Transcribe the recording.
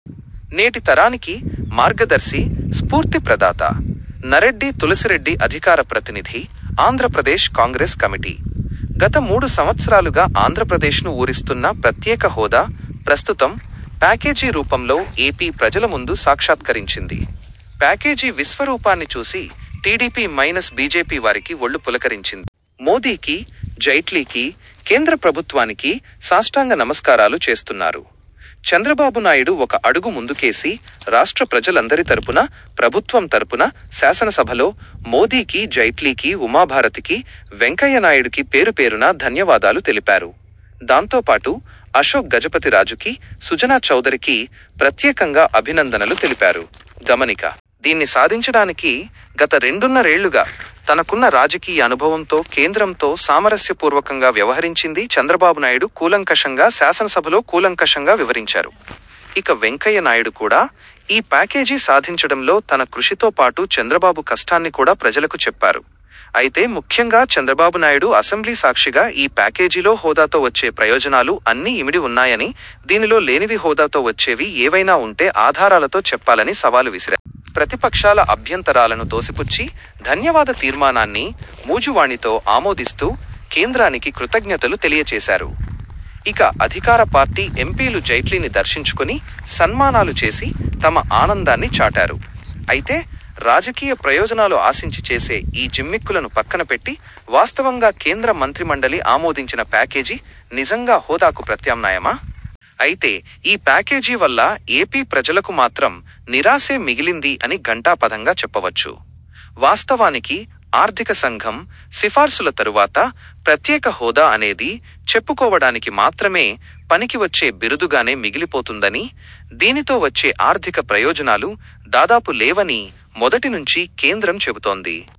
నేటి తరానికి మార్గదర్శి, స్ఫూర్తి ప్రదాత. నర్రెడ్డి తులసిరెడ్డిఅధికార ప్రతినిధి, ఆంధ్రప్రదేశ్ కాంగ్రెస్ కమిటీ। గత మూడు సంవత్సరాలుగా ఆంధ్రప్రదేశ్ను ఊరిస్తున్న ప్రత్యేక హోదా ప్రస్తుతం ''ప్యాకేజీ'' రూపంలో ఏపీ ప్రజల ముందు సాక్షాత్కరించింది. ప్యాకేజీ విశ్వరూపాన్ని చూసి టీడీపీ- – బీజేపీ వారికి వొళ్ళు పులకరించింది. మోదీకి-, జైట్లీకి,- కేంద్ర ప్రభుత్వానికి సాష్టాంగ నమస్కారాలు చేస్తున్నారు. చంద్రబాబు నాయుడు ఒక అడుగు ముందుకేసి, రాష్ట్ర ప్రజలందరి తరపున, ప్రభుత్వం తరపున- శాసనసభలో -మోదీకి, జైట్లీకి, ఉమాభారతికి, వెంకయ్యనాయుడుకి పేరుపేరునా ధన్యవాదాలు తెలిపారు. దాంతోపాటు అశోక్ గజపతి రాజుకి, సుజనా చౌదరికి ప్రత్యేకంగా అభినందనలు తెలిపారు. దీన్ని సాధించడానికి గత రెండున్నరేళ్లుగా తనకున్న రాజకీయ అనుభవంతో కేంద్రంతో సామరస్యపూర్వకంగా వ్యవహరించిందీ చంద్రబాబు నాయుడు కూలంకషంగా శాసనసభలో కూలంకషంగా వివరించారు. ఇక వెంకయ్య నాయుడు కూడా, ఈ ప్యాకేజీ సాధించడంలో తన కృషితో పాటు చంద్రబాబు కష్టాన్ని కూడా ప్రజలకు చెప్పారు. అయితే ముఖ్యంగా చంద్రబాబు నాయుడు అసెంబ్లీ సాక్షిగా ఈ ప్యాకేజీలో హోదాతో వచ్చే ప్రయోజనాలు అన్నీ ఇమిడి ఉన్నాయని, దీనిలో లేనివి హోదాతో వచ్చేవి ఏవైనా ఉంటే ఆధారాలతో చెప్పాలని సవాలు విసిరారు. ప్రతిపక్షాల అభ్యంతరాలను తోసిపుచ్చి ధన్యవాద తీర్మానాన్ని మూజువాణితో ఆమోదిస్తూ- కేంద్రానికి కృతజ్ఞతలు తెలియచేసారు. ఇక అధికార పార్టీ ఎంపీలు జైట్లీని దర్శించుకొని -సన్మానాలు చేసి తమ ఆనందాన్ని చాటారు. అయితే రాజకీయ ప్రయోజనాలు ఆశించి చేసే ఈ జిమ్మిక్కులను పక్కన పెట్టి వాస్తవంగా కేంద్ర మంత్రిమండలి ఆమోదించిన ప్యాకేజీ నిజంగా హోదాకు ప్రత్యామ్నాయమా? అయితే ఈ ప్యాకేజీ వల్ల ఏపీ ప్రజలకు మాత్రం నిరాశే మిగిలింది అని ఘంటాపథంగా చెప్పవచ్చు. వాస్తవానికి ఆర్థిక సంఘం సిఫార్సుల తరువాత- ప్రత్యేక హోదా అనేది -చెప్పుకోవడానికి మాత్రమే పనికి వచ్చే బిరుదుగానే మిగిలిపోతుందనీ,- దీనితో వచ్చే ఆర్థిక ప్రయోజనాలు దాదాపు లేవని మొదటి నుంచి కేంద్రం చెబుతోంది.